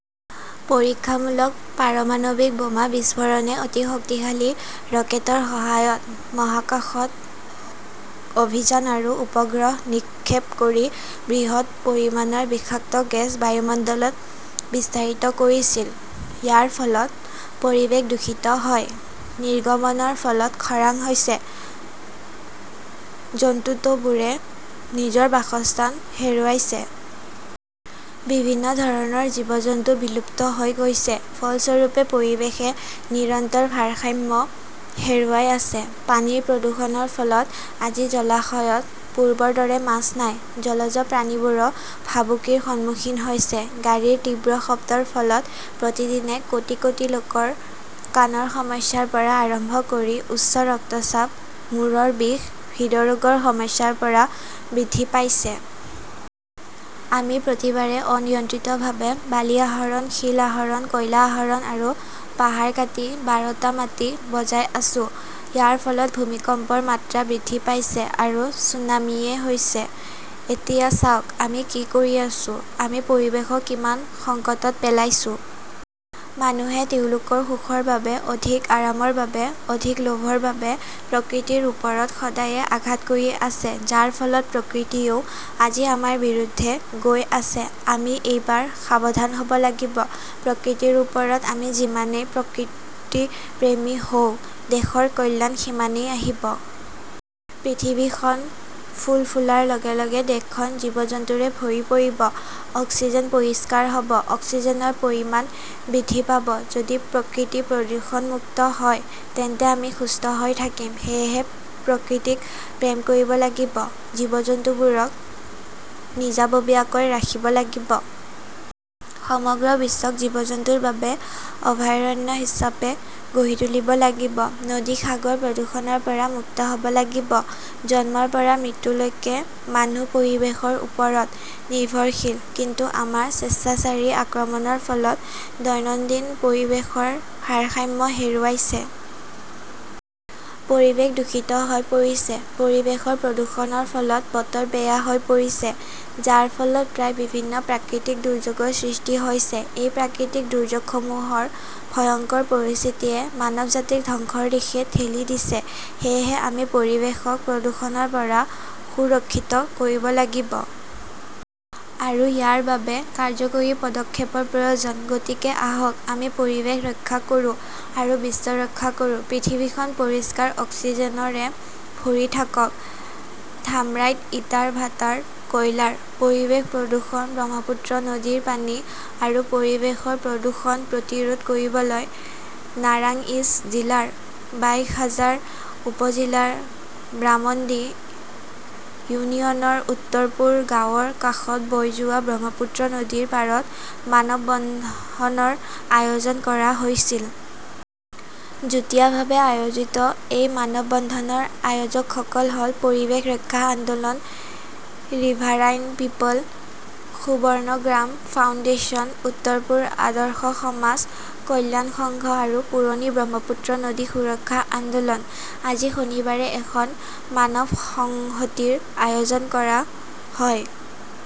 পৰীক্ষামূলক পাৰমাণৱিক বোমা বিস্ফোৰণে অতি শক্তিশালী ৰকেটৰ সহায়ত মহাকাশত অভিযান আৰু উপগ্ৰহ নিক্ষেপ কৰি বৃহৎ পৰিমাণৰ বিষাক্ত গেছ বায়ুমণ্ডলত বিস্তাৰিত কৰিছিল। ইয়াৰ ফলত পৰিৱেশ দূষিত হয়। নিৰ্গমনৰ ফলত খৰাং হৈছে। জন্তুটোবোৰে নিজৰ বাসস্থান হেৰুৱাইছে। বিভিন্ন ধৰণৰ জীৱ-জন্তু বিলুপ্ত হৈ গৈছে। ফলস্বৰূপে, পৰিৱেশে নিৰন্তৰ ভাৰসাম্য হেৰুৱাই আছে। পানীৰ প্ৰদূষণৰ ফলত আজি জলাশয়ত পূৰ্বৰ দৰে মাছ নাই। জলজ প্ৰাণীবোৰো ভাবুকিৰ সন্মুখীন হৈছে। গাড়ীৰ তীব্ৰ শব্দৰ ফলত প্ৰতিদিনে কোটি কোটি লোকৰ কাণৰ সমস্যাৰ পৰা আৰম্ভ কৰি উচ্চ ৰক্তচাপ, মূৰৰ বিষ, হৃদৰোগৰ সমস্যাৰ পৰা বৃদ্ধি পাইছে। আমি প্ৰতিবাৰে অনিয়ন্ত্ৰিতভাৱে বালি আহৰণ, শিল আহৰণ, কয়লা আহৰণ আৰু পাহাৰ কাটি বাৰটা মাটি বজাই আছো। ইয়াৰ ফলত ভূমিকম্পৰ মাত্ৰা বৃদ্ধি পাইছে আৰু ছুনামীয়ে হৈছে ।এতিয়া চাওক আমি কি কৰি আছো। আমি পৰিৱেশক কিমান সংকটত পেলাইছো। মানুহে তেওঁলোকৰ সুখৰ বাবে, অধিক আৰামৰ বাবে, অধিক লোভৰ বাবে প্ৰকৃতিৰ ওপৰত সদায়ে আঘাত কৰি আছে। যাৰ ফলত প্ৰকৃতিয়েও আজি আমাৰ বিৰুদ্ধে গৈ আছে। আমি এইবাৰ সাৱধান হব লাগিব। প্ৰকৃতিৰ ওপৰত আমি যিমানেই প্ৰকৃতিপ্ৰেমী হওঁ, দেশৰ কল্যাণ সিমানেই আহিব। পৃথিৱীখন ফুল ফুলাৰ লগে লগে দেশখন জীৱ-জন্তুৰে ভৰি পৰিব। অক্সিজেন পৰিষ্কাৰ হব। অক্সিজেনৰ পৰিমাণ বৃদ্ধি পাব। যদি প্ৰকৃতি প্ৰদূষণমুক্ত হয় তেন্তে আমি সুস্থ হৈ থাকিম। সেয়েহে প্ৰকৃতিক প্ৰেম কৰিব লাগিব। জীৱ-জন্তুবোৰক নিজাববীয়াকৈ ৰাখিব লাগিব। সমগ্ৰ বিশ্বক জীৱ-জন্তুৰ বাবে অভয়াৰণ্য হিচাপে গঢ়ি তুলিব লাগিব। নদী, সাগৰ প্ৰদূষণৰ পৰা মুক্ত হ 'ব লাগিব। জন্মৰ পৰা মৃত্যুলৈকে মানুহ পৰিৱেশৰ ওপৰত নিৰ্ভৰশীল। কিন্তু আমাৰ স্বেচ্ছাচাৰী আক্ৰমণৰ ফলত দৈনন্দিন পৰিৱেশৰ ভাৰসাম্য হেৰুৱাইছে। পৰিৱেশ দূষিত হৈ পৰিছে। পৰিৱেশৰ প্ৰদূষণৰ ফলত বতৰ বেয়া হৈ পৰিছে, যাৰ ফলত প্ৰায় বিভিন্ন প্ৰাকৃতিক দুৰ্যোগৰ সৃষ্টি হৈছে। এই প্ৰাকৃতিক দুৰ্যোগসমূহৰ ভয়ংকৰ পৰিস্থিতিয়ে মানৱজাতিক ধ্বংসৰ দিশে ঠেলি দিছে। সেয়েহে আমি পৰিৱেশক প্ৰদূষণৰ পৰা সুৰক্ষিত কৰিব লাগিব। আৰু ইয়াৰ বাবে কাৰ্যকৰী পদক্ষেপৰ প্ৰয়োজন। গতিকে আহক আমি পৰিৱেশ ৰক্ষা কৰোঁ আৰু বিশ্ব ৰক্ষা কৰোঁ। পৃথিৱীখন পৰিষ্কাৰ অক্সিজেনৰে ভৰি থাকক। ধামৰাইত ইটাৰ ভাটাৰ কয়লাৰ পৰিৱেশ প্ৰদূষণ 'ব্ৰহ্মপুত্ৰ নদীৰ পানী আৰু পৰিৱেশৰ প্ৰদূষণ প্ৰতিৰোধ কৰিবলৈ নাৰাংইজ জিলাৰ বাইশ হাজাৰ উপ-জিলাৰ ব্ৰামণ্ডী ইউনিয়নৰ উত্তৰপুৰ গাঁৱৰ কাষত বৈ যোৱা ব্ৰহ্মপুত্ৰ নদীৰ পাৰত মানৱ বন্ধনৰ আয়োজন কৰা হৈছিল। যুটীয়াভাৱে আয়োজিত এই মানৱ বন্ধনৰ আয়োজকসকল হ'ল পৰিৱেশ ৰক্ষা আন্দোলন, riverine people, Subarnagram foundation, Uttarpur আদৰ্শ সমাজ কল্যাণ সংঘ আৰু পুৰণি ব্ৰহ্মপুত্ৰ নদী সুৰক্ষা আন্দোলন। আজি শনিবাৰে এখন মানৱ সংহতিৰ আয়োজন কৰা হয়।